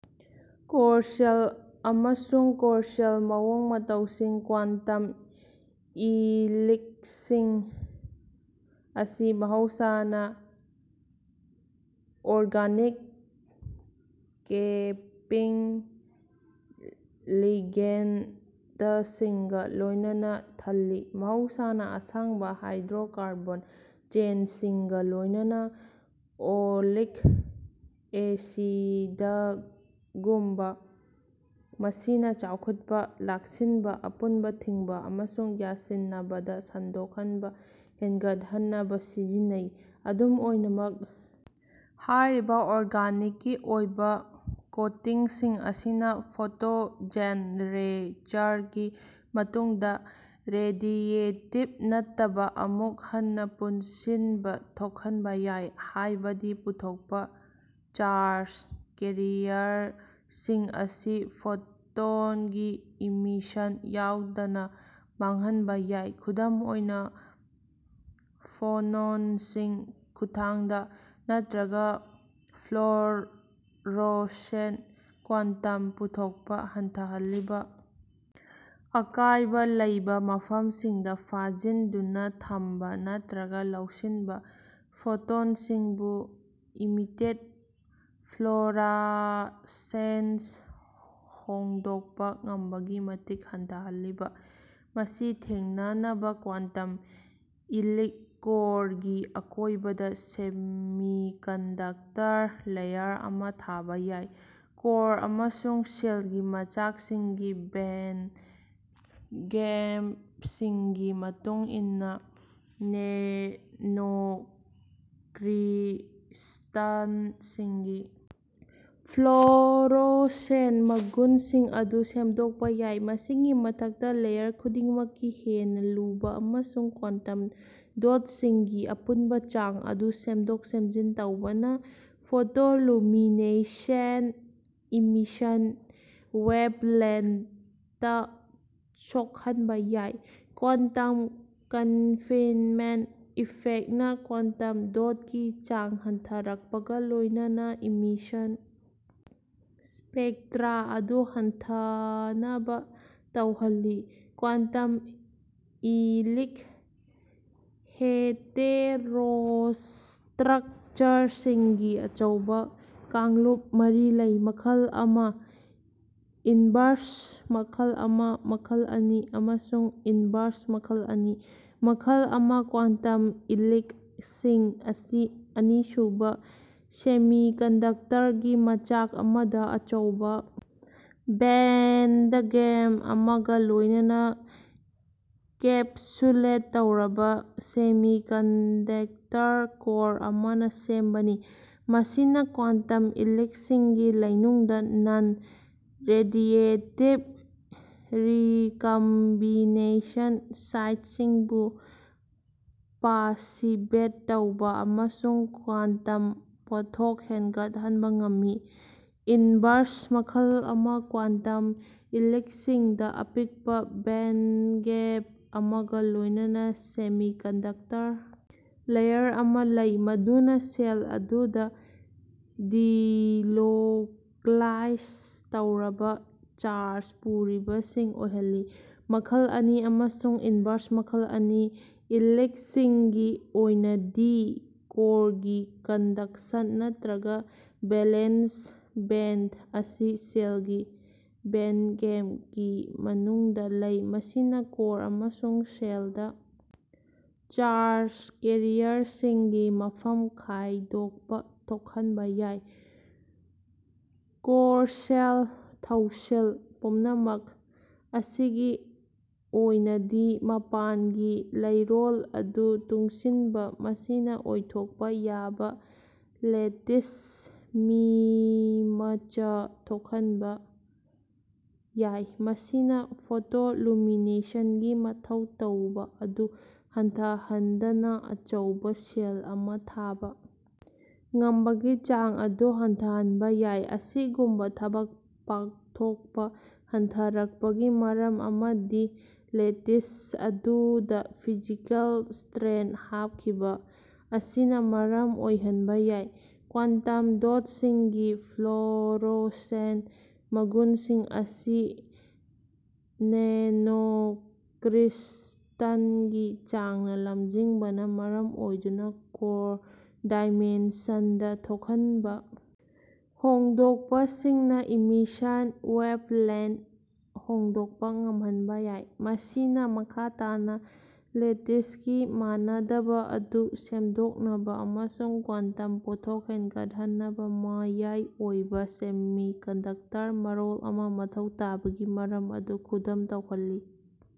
ꯀꯣꯔꯁꯦꯜ ꯑꯃꯁꯨꯡ ꯀꯣꯔꯁꯦꯜ ꯃꯑꯣꯡ ꯃꯇꯧꯁꯤꯡ ꯀ꯭ꯋꯥꯟꯇꯝ ꯏꯂꯤꯛꯁꯤꯡ ꯑꯁꯤ ꯃꯍꯧꯁꯥꯅ ꯑꯣꯔꯒꯅꯤꯛ ꯀꯦꯄꯤꯡ ꯂꯤꯒꯦꯟꯗꯁꯤꯡꯒ ꯂꯣꯏꯅꯅ ꯊꯜꯂꯤ (ꯃꯍꯧꯁꯥꯅ ꯑꯁꯥꯡꯕ ꯍꯥꯏꯗ꯭ꯔꯣꯀꯔꯕꯣꯟ ꯆꯦꯟꯁꯤꯡꯒ ꯂꯣꯏꯅꯅ, ꯑꯣꯂꯤꯛ ꯑꯦꯁꯤꯗꯒꯨꯝꯕ) ꯃꯁꯤꯅ ꯆꯥꯎꯈꯠꯄ ꯂꯥꯛꯁꯤꯟꯕ, ꯑꯄꯨꯟꯕ ꯊꯤꯡꯕ, ꯑꯃꯁꯨꯡ ꯌꯥꯟꯁꯤꯟꯅꯕꯗ ꯁꯟꯗꯣꯛꯍꯟꯕ ꯍꯦꯟꯒꯠꯍꯟꯅꯕ ꯁꯤꯖꯤꯟꯅꯩ꯫ ꯑꯗꯨꯝ ꯑꯣꯏꯅꯃꯛ ꯍꯥꯏꯔꯤꯕ ꯑꯣꯔꯒꯅꯤꯛꯀꯤ ꯑꯣꯏꯕ ꯀꯣꯇꯤꯡꯁꯤꯡ ꯑꯁꯤꯅ ꯐꯣꯇꯣꯖꯦꯟꯔꯦꯆꯔꯒꯤ ꯃꯇꯨꯡꯗ ꯔꯦꯗꯤꯌꯦꯇꯤꯕ ꯅꯠꯇꯕ ꯑꯃꯨꯛ ꯍꯟꯅ ꯄꯨꯟꯁꯤꯟꯕ ꯊꯣꯛꯍꯟꯕ ꯌꯥꯏ, ꯍꯥꯏꯕꯗꯤ ꯄꯨꯊꯣꯛꯄ ꯆꯥꯔꯖ ꯀꯦꯔꯤꯌꯔꯁꯤꯡ ꯑꯁꯤ ꯐꯣꯇꯣꯟꯒꯤ ꯏꯃꯤꯁꯟ ꯌꯥꯎꯗꯅ ꯃꯥꯡꯍꯟꯕ ꯌꯥꯏ (ꯈꯨꯗꯝ ꯑꯣꯏꯅ ꯐꯣꯅꯣꯟꯁꯤꯡ ꯈꯨꯠꯊꯥꯡꯗ ꯅꯠꯇ꯭ꯔꯒ ꯐ꯭ꯂꯣꯔꯣꯁꯦꯟ ꯀ꯭ꯋꯥꯟꯇꯝ ꯄꯨꯊꯣꯛꯄ ꯍꯟꯊꯍꯜꯂꯤꯕ ꯑꯀꯥꯏꯕ ꯂꯩꯕ ꯃꯐꯝꯁꯤꯡꯗ ꯐꯥꯖꯤꯟꯗꯨꯅ ꯊꯝꯕ ꯅꯠꯇ꯭ꯔꯒ ꯂꯧꯁꯤꯟꯕ ꯐꯣꯇꯣꯟꯁꯤꯡꯕꯨ ꯏꯃꯤꯇꯦꯠ ꯐ꯭ꯂꯣꯔꯥꯁꯦꯟꯁ ꯍꯣꯡꯗꯣꯛꯄ ꯉꯝꯕꯒꯤ ꯃꯇꯤꯛ ꯍꯟꯊꯍꯜꯂꯤꯕ)꯫ ꯃꯁꯤ ꯊꯦꯡꯅꯅꯕ ꯀ꯭ꯋꯥꯟꯇꯝ ꯏꯂꯤꯛ ꯀꯣꯔꯒꯤ ꯑꯀꯣꯏꯕꯗ ꯁꯦꯃꯤꯀꯟꯗꯛꯇꯔ ꯂꯦꯌꯔ ꯑꯃ ꯊꯥꯕ ꯌꯥꯏ꯫ ꯀꯣꯔ ꯑꯃꯁꯨꯡ ꯁꯦꯜꯒꯤ ꯃꯆꯥꯛꯁꯤꯡꯒꯤ ꯕꯦꯟꯒꯦꯞꯁꯤꯡꯒꯤ ꯃꯇꯨꯡ ꯏꯟꯅ ꯅꯦꯅꯣꯀ꯭ꯔꯤꯁꯇꯜꯁꯤꯡꯒꯤ ꯐ꯭ꯂꯣꯔꯣꯁꯦꯟ ꯃꯒꯨꯟꯁꯤꯡ ꯑꯗꯨ ꯁꯦꯝꯗꯣꯛꯄ ꯌꯥꯏ꯫ ꯃꯁꯤꯒꯤ ꯃꯊꯛꯇ ꯂꯦꯌꯔ ꯈꯨꯗꯤꯡꯃꯛꯀꯤ ꯍꯦꯟꯅ ꯂꯨꯕ ꯑꯃꯁꯨꯡ ꯀ꯭ꯋꯥꯟꯇꯝ ꯗꯣꯠꯁꯤꯡꯒꯤ ꯑꯄꯨꯟꯕ ꯆꯥꯡ ꯑꯗꯨ ꯁꯦꯝꯗꯣꯛ-ꯁꯦꯝꯖꯤꯟ ꯇꯧꯕꯅ ꯐꯣꯇꯣꯂꯨꯃꯤꯅꯦꯁꯦꯟꯠ ꯏꯃꯤꯁꯟ ꯋꯦꯚꯂꯦꯟꯊꯇ ꯁꯣꯛꯍꯟꯕ ꯌꯥꯏ꯫ ꯀ꯭ꯋꯥꯟꯇꯝ ꯀꯟꯐꯤꯟꯃꯦꯟꯠ ꯏꯐꯦꯛꯅ ꯀ꯭ꯋꯥꯟꯇꯝ ꯗꯣꯠꯀꯤ ꯆꯥꯡ ꯍꯟꯊꯔꯛꯄꯒ ꯂꯣꯏꯅꯅ ꯏꯃꯤꯁꯟ ꯁ꯭ꯄꯦꯛꯇ꯭ꯔꯥ ꯑꯗꯨ ꯍꯟꯊꯅꯕ ꯇꯧꯍꯜꯂꯤ꯫ ꯀ꯭ꯋꯥꯟꯇꯝ ꯏꯂꯤꯛ ꯍꯦꯇꯦꯔꯣꯁꯇ꯭ꯔꯛꯆꯔꯁꯤꯡꯒꯤ ꯑꯆꯧꯕ ꯀꯥꯡꯂꯨꯞ ꯃꯔꯤ ꯂꯩ: ꯃꯈꯜ ꯑꯃ, ꯏꯟꯚꯔꯁ ꯃꯈꯜ ꯑꯃ, ꯃꯈꯜ ꯑꯅꯤ, ꯑꯃꯁꯨꯡ ꯏꯟꯚꯔꯁ ꯃꯈꯜ ꯑꯅꯤ꯫ ꯃꯈꯜ ꯑꯃ ꯀ꯭ꯋꯥꯟꯇꯝ ꯏꯂꯤꯛ ꯁꯤꯡ ꯑꯁꯤ ꯑꯅꯤꯁꯨꯕ ꯁꯦꯃꯤꯀꯟꯗꯛꯇꯔꯒꯤ ꯃꯆꯥꯛ ꯑꯃꯗ ꯑꯆꯧꯕ ꯕꯦꯟꯗꯒꯦꯞ ꯑꯃꯒ ꯂꯣꯏꯅꯅ ꯀꯦꯞꯁꯨꯂꯦꯠ ꯇꯧꯔꯕ ꯁꯦꯃꯤꯀꯟꯗꯦꯛꯇꯔ ꯀꯣꯔ ꯑꯃꯅ ꯁꯦꯝꯕꯅꯤ, ꯃꯁꯤꯅ ꯀ꯭ꯋꯥꯟꯇꯝ ꯏꯂꯤꯛꯁꯤꯡꯒꯤ ꯂꯩꯅꯨꯡꯗ ꯅꯟ-ꯔꯦꯗꯤꯌꯦꯇꯤꯕ ꯔꯤꯀꯝꯕꯤꯅꯦꯁꯟ ꯁꯥꯏꯠꯁꯤꯡꯕꯨ ꯄꯥꯁꯤꯚꯦꯠ ꯇꯧꯕ ꯑꯃꯁꯨꯡ ꯀ꯭ꯋꯥꯟꯇꯝ ꯄꯣꯠꯊꯣꯛ ꯍꯦꯟꯒꯠꯍꯟꯕ ꯉꯝꯃꯤ꯫ ꯏꯟꯚꯔꯁ ꯃꯈꯜ ꯑꯃ ꯀ꯭ꯋꯥꯟꯇꯝ ꯏꯂꯤꯛꯁꯤꯡꯗ ꯑꯄꯤꯛꯄ ꯕꯦꯟꯗꯒꯦꯞ ꯑꯃꯒ ꯂꯣꯏꯅꯅ ꯁꯦꯃꯤꯀꯟꯗꯛꯇꯔ ꯂꯦꯌꯔ ꯑꯃ ꯂꯩ ꯃꯗꯨꯅ ꯁꯦꯜ ꯑꯗꯨꯗ ꯗꯤꯂꯣꯀ꯭ꯂꯥꯏꯖ ꯇꯧꯔꯕ ꯆꯥꯔꯖ ꯄꯨꯔꯤꯕꯁꯤꯡ ꯑꯣꯏꯍꯜꯂꯤ꯫ ꯃꯈꯜ ꯑꯅꯤ ꯑꯃꯁꯨꯡ ꯏꯟꯚꯔꯁ ꯃꯈꯜ ꯑꯅꯤ ꯏꯂꯤꯛꯁꯤꯡꯒꯤ ꯑꯣꯏꯅꯗꯤ ꯀꯣꯔꯒꯤ ꯀꯟꯗꯛꯁꯟ ꯅꯠꯇ꯭ꯔꯒ ꯚꯦꯂꯦꯟꯁ ꯕꯦꯟꯗ ꯑꯁꯤ ꯁꯦꯜꯒꯤ ꯕꯦꯟꯒꯦꯞꯀꯤ ꯃꯅꯨꯡꯗ ꯂꯩ꯫ ꯃꯁꯤꯅ ꯀꯣꯔ ꯑꯃꯁꯨꯡ ꯁꯦꯜꯗ ꯆꯥꯔꯖ ꯀꯦꯔꯤꯌꯔꯁꯤꯡꯒꯤ ꯃꯐꯝ ꯈꯥꯏꯗꯣꯛꯄ ꯊꯣꯛꯍꯟꯕ ꯌꯥꯏ꯫ ꯀꯣꯔꯁꯦꯜ ꯊꯧꯁꯤꯜ ꯄꯨꯝꯅꯃꯛ ꯑꯁꯤꯒꯤ ꯑꯣꯏꯅꯗꯤ ꯃꯄꯥꯟꯒꯤ ꯂꯩꯔꯣꯜ ꯑꯗꯨ ꯇꯨꯡꯁꯤꯟꯕ ꯑꯁꯤꯅ ꯑꯣꯏꯊꯣꯛꯄ ꯌꯥꯕ ꯂꯦꯇꯤꯁ ꯃꯤꯃꯆ ꯊꯣꯛꯍꯟꯕ ꯌꯥꯏ꯫ ꯃꯁꯤꯅ ꯐꯣꯇꯣꯂꯨꯃꯤꯅꯦꯁꯟ ꯒꯤ ꯃꯊꯧ ꯇꯧꯕ ꯑꯗꯨ ꯍꯟꯊꯍꯟꯗꯅ ꯑꯆꯧꯕ ꯁꯦꯜ ꯑꯃ ꯊꯥꯕ ꯉꯝꯕꯒꯤ ꯆꯥꯡ ꯑꯗꯨ ꯍꯟꯊꯍꯟꯕ ꯌꯥꯏ꯫ ꯑꯁꯤꯒꯨꯝꯕ ꯊꯕꯛ ꯄꯥꯡꯊꯣꯛꯄ ꯍꯟꯊꯔꯛꯄꯒꯤ ꯃꯔꯝ ꯑꯃꯗꯤ ꯂꯦꯇꯤꯁ ꯑꯗꯨꯗ ꯐꯤꯖꯤꯀꯦꯜ ꯁꯇ꯭ꯔꯦꯟ ꯍꯥꯞꯈꯤꯕ ꯑꯁꯤꯅ ꯃꯔꯝ ꯑꯣꯏꯍꯟꯕ ꯌꯥꯏ꯫ ꯀ꯭ꯋꯥꯟꯇꯝ ꯗꯣꯠꯁꯤꯡꯒꯤ ꯐ꯭ꯂꯣꯔꯣꯁꯦꯟ ꯃꯒꯨꯟꯁꯤꯡ ꯑꯁꯤ ꯅꯦꯅꯣꯀ꯭ꯔꯤꯁꯇꯜꯒꯤ ꯆꯥꯡꯅ ꯂꯝꯖꯤꯡꯕꯅ ꯃꯔꯝ ꯑꯣꯏꯗꯨꯅ, ꯀꯣꯔ ꯗꯥꯏꯃꯦꯟꯁꯟꯗ ꯊꯣꯛꯍꯟꯕ ꯍꯣꯡꯗꯣꯛꯄꯁꯤꯡꯅ ꯏꯃꯤꯁꯟ ꯋꯦꯚꯂꯦꯟ ꯍꯣꯡꯗꯣꯛꯄ ꯉꯝꯍꯟꯕ ꯌꯥꯏ, ꯃꯁꯤꯅ ꯃꯈꯥ ꯇꯥꯅ ꯂꯦꯇꯤꯁꯒꯤ ꯃꯥꯟꯅꯗꯕ ꯑꯗꯨ ꯁꯦꯝꯗꯣꯛꯅꯕ ꯑꯃꯁꯨꯡ ꯀ꯭ꯋꯥꯇꯝ ꯄꯣꯠꯊꯣꯛ ꯍꯦꯟꯒꯠꯍꯟꯅꯕ ꯃꯌꯥꯏ ꯑꯣꯏꯕ ꯁꯦꯃꯤꯀꯟꯗꯛꯇꯔ ꯃꯔꯣꯜ ꯑꯃ ꯃꯊꯧ ꯇꯥꯕꯒꯤ ꯃꯔꯝ ꯑꯗꯨ ꯈꯨꯗꯝ ꯇꯧꯍꯜꯂꯤ꯫